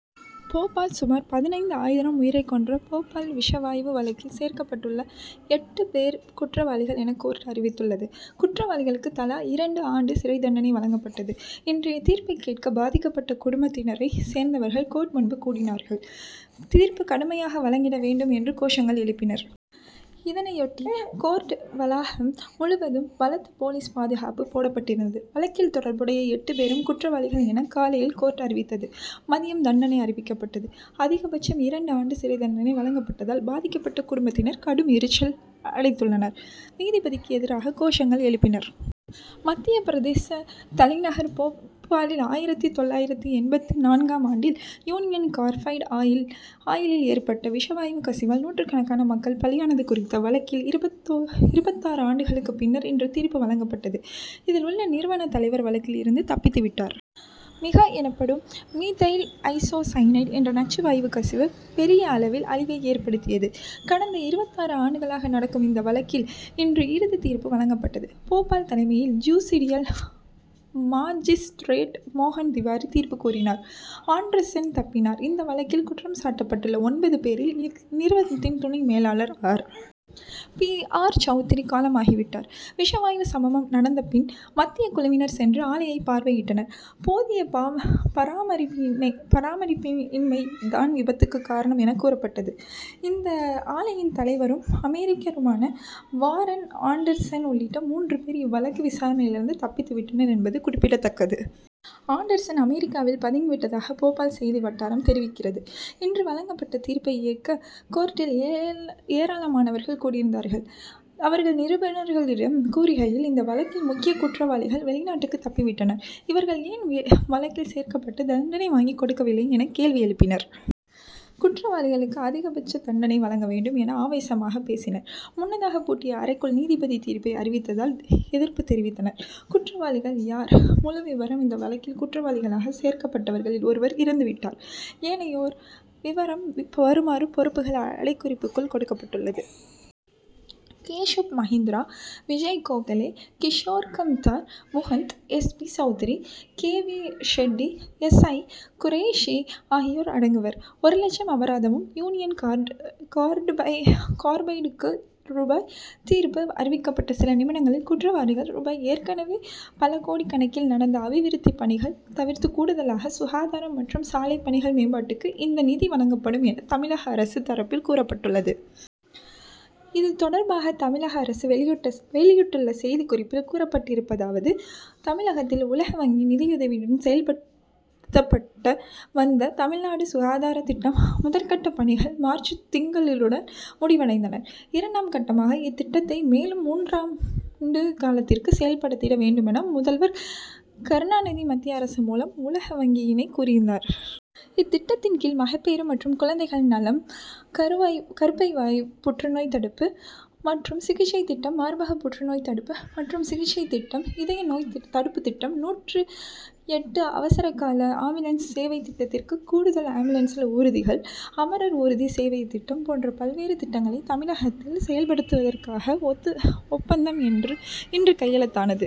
போபால் சுமார் பதினைந்து ஆயிரம் உயிரை கொன்ற போபால் விஷ வாயு வழக்கில் சேர்க்கப்பட்ட எட்டு பேர் குற்றவாளிகள் என கோர்ட் அறிவித்துள்ளது. குற்றவாளிகளுக்கு தலா இரண்டு ஆண்டு சிறைத்தண்டனை வழங்கப்பட்டது. இன்றைய தீர்ப்பை கேட்க பாதிக்கப்பட்ட குடும்பத்தினரை சேர்ந்தவர்கள் கோர்ட் முன்பாக கூடினர். தீர்ப்பு கடுமையாக வழங்கிட வேண்டும் என்று கோஷங்கள் எழுப்பினர். இதனையொட்டி கோர்ட் வளாகம் முழுவதும் பலத்த போலீஸ் பாதுகாப்பு போடப்பட்டிருந்தது. வழக்கில் தொடர்புடைய எட்டு பேரும் குற்றவாளிகள் என காலையில் கோர்ட் அறிவித்தது. மதியம் தண்டனை அறிவிக்கப்பட்டது. அதிகம் பட்சம் இரண்டு ஆண்டு சிறைத்தண்டனை வழங்கப்பட்டதால் பாதிக்கப்பட்ட குடும்பத்தினர் கடும் எரிச்சல் அடைந்துள்ளனர். நீதிக்கு எதிராக கோஷங்கள் எழுப்பினர். மத்திய பிரதேச தலைநகர் போபாலில் ஆயிரத்து தொள்ளாயிரத்து எண்பத்து நான்காம் ஆண்டில், யூனியன் கார்பைடு ஆலையில் ஏற்பட்ட விஷவாயு கசிவால் நூற்றுக்கணக்கான மக்கள் பலியானது குறித்த வழக்கில் இருபத்தாறு ஆண்டுகளுக்கு பின்னர் இன்று தீர்ப்பு வழங்கப்பட்டது. இதில் உள்ள நிறுவன தலைவர் வழக்கில் இருந்து தப்பித்து விட்டார். மிக் எனப்படும் மீதைல் ஐசோ சைனைடு என்ற நச்சு வாயு கசிவு, பெரிய அளவில் அழிவை ஏற்படுத்தியது. கடந்த இருபத்தாறு ஆண்டுகளாக நடக்கும் இந்த வழக்கில், இன்று இறுதி தீர்ப்பு வழங்கப்பட்டது. போபால் தலைமை ஜுடிசியல் மாஜிஸ்திரேட் மோகன் திவாரி தீர்ப்பு கூறினார். ஆண்டர்சன் தப்பினார் இந்த வழக்கில் குற்றம் சாட்டப்பட்டுள்ள ஒன்பது பேரில், இந்நிறுவனத்தின் துணை மேலாளர் ஆர். பி. ராய் சவுத்ரி காலமாகிவிட்டார். விஷவாயு சம்பவம் நடந்த பின், மத்தியக் குழுவினர் சென்று ஆலையை பார்வையிட்டனர். போதிய பராமரிப்பின்மை தான் விபத்துக்கு காரணம் என கூறப்பட்டது. இந்த ஆலையின் தலைவரும், அமெரிக்கருமான வாரன் ஆண்டர்சன் உள்ளிட்ட மூன்று பேர், இவ்வழக்கு விசாரணையிலிருந்து தப்பித்து விட்டனர் என்பது குறிப்பிடத்தக்கது. ஆண்டர்சன் அமெரிக்காவில் பதுங்கி விட்டதாக போபால் செய்தி வட்டாரம் தெரிவிக்கிறது. இன்று வழங்கப்பட்ட தீர்பை கேட்க கோர்ட்டில் ஏராளமனவர்கள் கூடியிருந்தனர். அவர்கள் நிருபர்களிடம் கூறுகையில் இந்த வழக்கில் முக்கிய குற்றவாளிகள் வெளிநாட்டுக்கு தப்பி விட்டனர். இவர்கள் ஏன் வழக்கில் சேர்க்கப்பட்டு தண்டனை வாங்கி கொடுக்கவில்லை என கேள்வி எழுப்பினர். குற்றவாளிகளுக்கு அதிப்பட்ச தண்டனை வழங்க வேண்டும் என ஆவேசமாக பேசினர். முன்னதாக பூட்டிய அறைக்குள் நீதிபதி தீர்ப்பை அறிவித்ததால் எதிர்ப்பு தெரிவித்தனர். குற்றவாளிகள் யார்? முழு விவரம் இந்த வழக்கில் குற்றவாளிகளாக சேர்க்கப்பட்டவர்களில் ஒருவர் இறந்து விட்டார். ஏனையோர் விவரம் வருமாறு பொறுப்புகள் அடைகுறிக்குள் கொடுக்கப்பட்டுள்ளது. Keshub Mahindra, Vijay Gokhale, Kishore Kamdar, Mukund, SP., Chaudhary, K. We., Shetty S. ஐ., குரேஷி. ஆகியோர் அடங்குவர். ஒரு லட்சம் அபராதமும், யூனியன் கார்பைடுக்கு ரூ. தீர்ப்பு அறிவிக்கப்பட்ட சில நிமிடங்களில் குற்றவாளிகள் ரூ. ஏற்கனவே பல கோடிக்கணக்கில் நடந்த அபிவிருத்தி பணிகள் தவிர்த்து கூடுதலாக சுகாதாரம் மற்றும் சாலைப்பணிகள் மேம்பாட்டுக்கு இந்த நிதி வழங்கப்படும் என தமிழக அரசு தரப்பில் கூறப்பட்டுள்ளது. இது தொடர்பாக தமிழக அரசு வெளியிட்டுள்ள செய்திக்குறிப்பில் கூறப்பட்டிருப்பதாவது தமிழகத்தில் உலக வங்கி நிதியுதவியுடன் செயல்படுத்தப்பட்டு வந்த, தமிழ்நாடு சுகாதாரத் திட்டம் முதற்கட்டப் பணிகள் மார்ச்சுத் திங்களுடன் முடிவடைந்தன. இரண்டாம் கட்டமாக இத்திட்டத்தை மேலும் மூன்றாண்டு காலத்திற்குச் செயல்படுத்திட வேண்டுமென முதவர் கருணாநிதி மத்திய அரசு மூலம் உலக வங்கியைக் கோரியிருந்தார். இத்திட்டத்தின்கீழ், மகப்பேறு மற்றும் குழந்தைகள் நலம், கருப்பைவாய்ப் புற்று நோய்த்தடுப்பு மற்றும் சிகிச்சைத் திட்டம், மார்பகப் புற்றுநோய்த் தடுப்பு மற்றும் சிகிச்சைத் திட்டம், இதய நோய்த் தடுப்புத் திட்டம், நூற்று எட்டு அவசரகால ஆம்புலன்ஸ் சேவைத்திட்டத்திற்குக் கூடுதல் ஆம்புலன்ஸ் ஊர்திகள், அமரர் ஊர்தி சேவைத்திட்டம் போன்ற பல்வேறு திட்டங்களைத் தமிழகத்தில் செயல்படுத்துவதற்கான ஒப்பந்தம் இன்று கையெழுத்தானது.